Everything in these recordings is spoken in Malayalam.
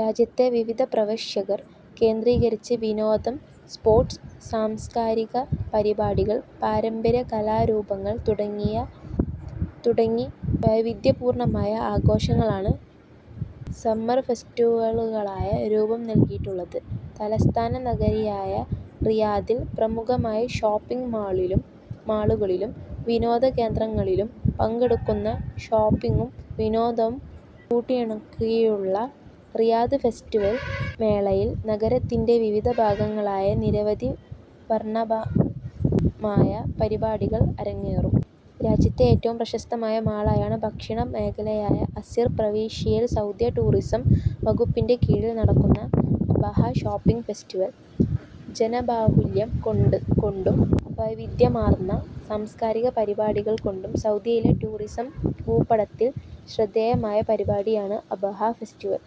രാജ്യത്തെ വിവിധ പ്രവിശ്യകൾ കേന്ദ്രീകരിച്ച് വിനോദം, സ്പോർട്സ്, സാംസ്കാരിക പരിപാടികൾ, പാരമ്പര്യ കലാരൂപങ്ങൾ തുടങ്ങി വൈവിധ്യപൂർണമായ ആഘോഷങ്ങളാണ് സമ്മർ ഫെസ്റ്റിവലുകളായി രുപം നൽകിയിട്ടുള്ളത്. തലസ്ഥാന നഗരിയായ റിയാദിൽ പ്രമുഖമായ ഷോപ്പിങ് മാളുകളും വിനോദ കേന്ദ്രങ്ങളും പങ്കെടുക്കുന്ന ഷോപ്പിംഗും വിനോദവും കൂട്ടിയിണക്കിയുള്ള റിയാദ് ഫെസ്റ്റിവൽ മേളയിൽ നഗരത്തിന്റെ വിവിധ ഭാഗങ്ങളിലായി നിരവധി വർണാഭമായ പരിപാടികൾ അരങ്ങേറും. രാജ്യത്തെ ഏറ്റവും പ്രശസ്തമായ മേളയാണ് ദക്ഷിണ മേഖലയായ അസീർ പ്രവിശ്യയിൽ സൗദി ടൂറിസം വകുപ്പിന്റെ കീഴിൽ നടക്കുന്ന അബഹ ഷോപ്പിങ് ഫെസ്റ്റിവിൽ. ജനബാഹുല്യം കൊണ്ടും വൈവിധ്യമാർന്ന സാംസ്കാരിക പരിപാടികൾ കൊണ്ടും സൗദിയിലെ ടൂറിസം ഭൂപടത്തിൽ ശ്രദ്ധേയമായ പരിപാടിയാണ് അബ്ഹ ഫെസ്റ്റിവൽ.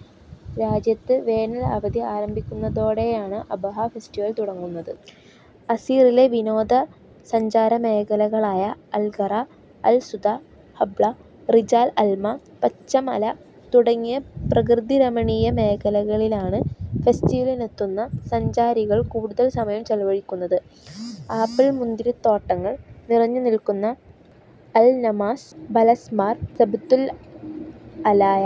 രാജ്യത്ത് വേനൽ അവധി ആരംഭിക്കന്നതോടെയാണ് അബ്ഹ ഫെസ്റ്റിവൽ തുടങ്ങുന്നത്. അസീറിലെ വിനോദ സഞ്ചാരമേഖലകളായ അൽഗറ, അൽസുദ, ഹബ്ല, രിജാൽ അൽമ, പച്ചമല തുടങ്ങിയ പ്രകൃതിരമണിയ മേഖലകളിലാണ് ഫെസ്റ്റിവലിനെത്തുന്ന സഞ്ചാരികൾ കൂടുതൽ സമയം ചെലവഴിക്കുന്നത്. ആപ്പിൾ മുന്തിരിത്തോട്ടങ്ങൾ നിറഞ്ഞുനിൽക്കുന്ന അൽ നമാസ്, ബല്ലസ്മാർ, സബ്തുൽ അലായ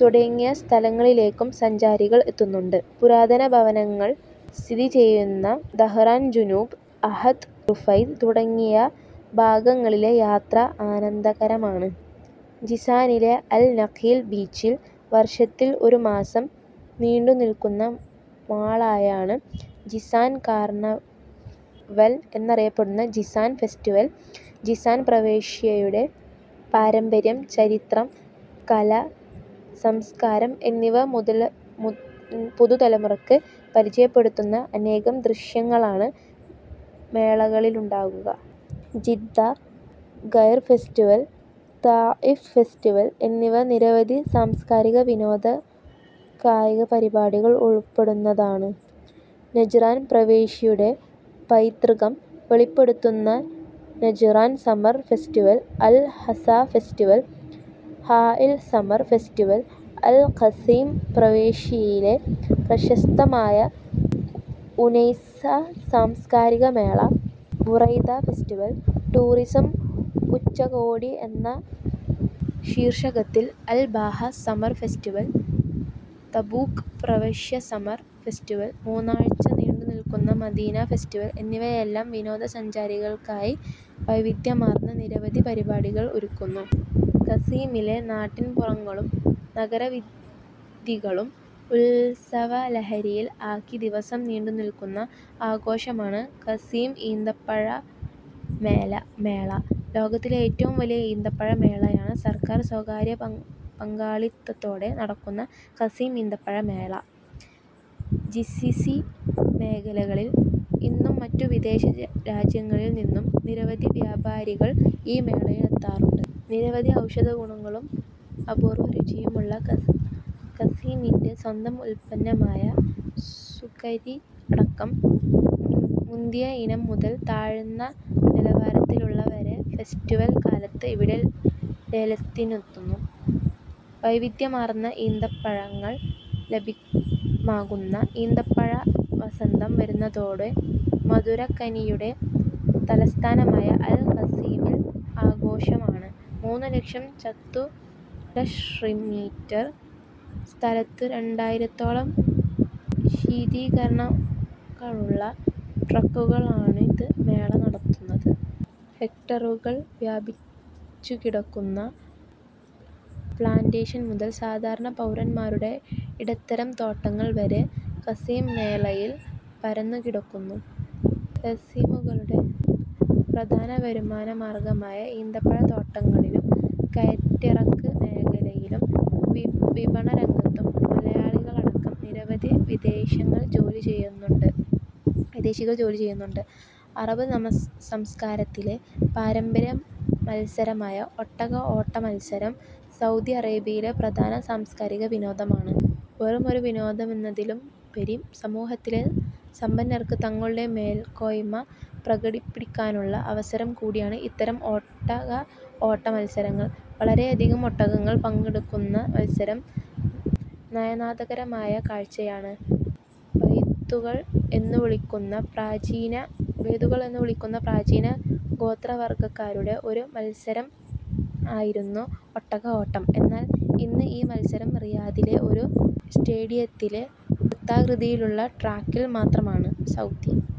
തുടങ്ങിയ സ്ഥലങ്ങളിലേക്കും സഞ്ചാരികൾ എത്തുന്നുണ്ട്. പുരാതന ഭവനങ്ങൾ സ്ഥിതി ചെയ്യുന്ന ദഹ്റാൻ ജുനൂബ്, അഹദ് റുഫൈദ തുടങ്ങിയ ഭാഗങ്ങളിലെ യാത്ര ആനന്ദകരമാണ്. ജിസാനിലെ അൽ നഖീൽ ബീച്ചിൽ വർഷത്തിൽ ഒരു മാസം നീണ്ടുനിൽക്കുന്ന മേളയാണ് ജിസാൻ കാർണിവൽ എന്നറിയപ്പെടുന്ന ജിസാൻ ഫെസ്റ്റിവൽ. ജിസാൻ പ്രവിശ്യയുടെ പാരമ്പര്യം, ചരിത്രം, കല, സംസ്കാരം എന്നിവ പുതുതലമുറക്ക് പരിചയപ്പെടുത്തുന്ന അനേകം ദൃശ്യങ്ങളാണ് മേളയിലുണ്ടാകുക. ജിദ്ദ ഗൈർ ഫെസ്റ്റിവൽ, താഇഫ് ഫെസ്റ്റവിൽ എന്നിവ നിരവധി സാംസ്കാരിക, വിനോദ, കായിക പരിപാടികൾ ഉൾപ്പെടുന്നതാണ്. നജ്റാൻ പ്രവിശ്യയുടെ പൈതൃകം വെളിപ്പെടുത്തുന്ന Najran summer festival, Al Hasa festival, Hail summer festival, Al Qassim പ്രവിശ്യയിലെ പ്രശസ്തമായ ഉനൈസ സാംസ്കാരിക മേള, ബുറൈദ ഫെസ്റ്റിവൽ. ടൂറിസം ഉച്ചകോടി എന്ന ശീർഷകത്തിൽ Al Baha summer festival, Tabuk പ്രവിശ്യ സമ്മർ ഫെസ്റ്റിവൽ, മൂന്നാഴ്ച നീണ്ടുനിൽക്കുന്ന മദീന ഫെസ്റ്റിവൽ എന്നിവയെല്ലാം വിനോദസഞ്ചാരികൾക്കായി വൈവിദ്യമാർന്ന നിരവധി പരിപാടികൾ ഒരുക്കുന്നു. ഖസീമിലെ നാട്ടിൻപുറങ്ങളും നഗരവീഥികളും ഉൽസവലഹരിയിൽ ആക്കി ദിവസം നീണ്ടുനിൽക്കുന്ന ആഘോഷമാണ് ഖസീം ഈന്തപ്പഴ മേള. ലോകത്തിലെ ഏറ്റവും വലിയ ഈന്തപ്പഴ മേളയാണ് സർക്കാർ, സ്വകാര്യ പങ്കാളിത്തതോടെ നടക്കുന്ന ഖസീം ഈന്തപ്പഴ മേള. ജിസിസി മേഖലകളിൽ നിന്നും മറ്റു വിദേശ രാജ്യങ്ങിൽ നിന്നും നിരവധി വ്യാപാരികൾ ഈ മേളയിലെത്താറുണ്ട്. നിരവധി ഔഷധ ഗുണങ്ങളും അപൂർവ രുചിയുമുള്ള ഖസീമിന്റെ സ്വന്തം ഉൽപന്നമായ സുക്കരി അടക്കം മുന്തിയ ഇനം മുതൽ താഴ്ന്ന നിലവാരത്തിലുള്ളത് വരെ ഫെസ്റ്റിവൽ കാലത്ത് ഇവിടെ ലേലത്തിനെത്തുന്നു. വൈവിധ്യമാർന്ന ഈന്തപ്പഴങ്ങൾ ലഭ്യമാകുന്ന ഈന്തപ്പഴ വസന്തം വരുന്നതോടെ മധുരക്കനിയുടെ തലസ്ഥാനമായ അൽ-ഖസീമിൽ ആഘോഷമാണ്. മൂന്നു ലക്ഷം ചതുരശ്രമീറ്റർ സ്ഥലത്തു രണ്ടയിരത്തോളം ശീതീകരണികളുളള ട്രക്കുകളിലാണു മേള നടക്കുന്നത്. ഹെക്ടറുകൾ വ്യാപിച്ചുകിടക്കുന്ന പ്ലാന്റെഷൻ മുതൽ സാധാരണ പൗരൻമാരുടെ ഇടത്തരം തോട്ടങ്ങൾ വരെ ഖസീം മേഖലയിൽ പരന്നു കിടക്കുന്നു. ഖസീമികളുടെ പ്രധാന വരുമാന മാർഗ്ഗമായ ഈന്തപ്പഴ തോട്ടങ്ങളിലും കയറ്റിറക്ക് മേഖലയിലും വിപണന രംഗത്തും മലയാളികളടക്കം നിരവധി വിദേശികൾ ജോലി ചെയ്യുന്നുണ്ട്. അറബ് സംസ്കാരത്തിലെ പാരമ്പര്യ മൽസരമായ ഒട്ടക ഓട്ടമത്സരം സൗദി അറേബ്യയിലെ പ്രധാന സാംസ്കാരിക വിനോദമാണ്. വെറും ഒരു വിനോദമെന്നതിലുപരി സമൂഹത്തിലെ സമ്പന്നർക്ക് തങ്ങളുടെ മേൽക്കോയ്മ പ്രകടിപ്പിക്കാനുള്ള അവസരം കൂടിയാണ് ഇത്തരം ഒട്ടക ഓട്ട മത്സരങ്ങൾ. വളരെയധികം ഒട്ടകങ്ങൾ പങ്കെടുക്കുന്ന മത്സരം നയനാന്ദകരമായ കാഴ്ചയാണ്. ബെദുക്കൾ എന്നു വിളിക്കുന്ന പ്രാചീന ഗോത്രവർഗ്ഗക്കാരുടെ ഒരു മത്സരം ആയിരുന്നു ഒട്ടക ഓട്ടം. എന്നാൽ ഇന്ന് ഈ മത്സരം റിയാദിലെ ഒരു സ്റ്റേഡിയത്തിലെ വൃത്താകൃതിയിലുള്ള ട്രാക്കിൽ മാത്രമാണ്. സൗദി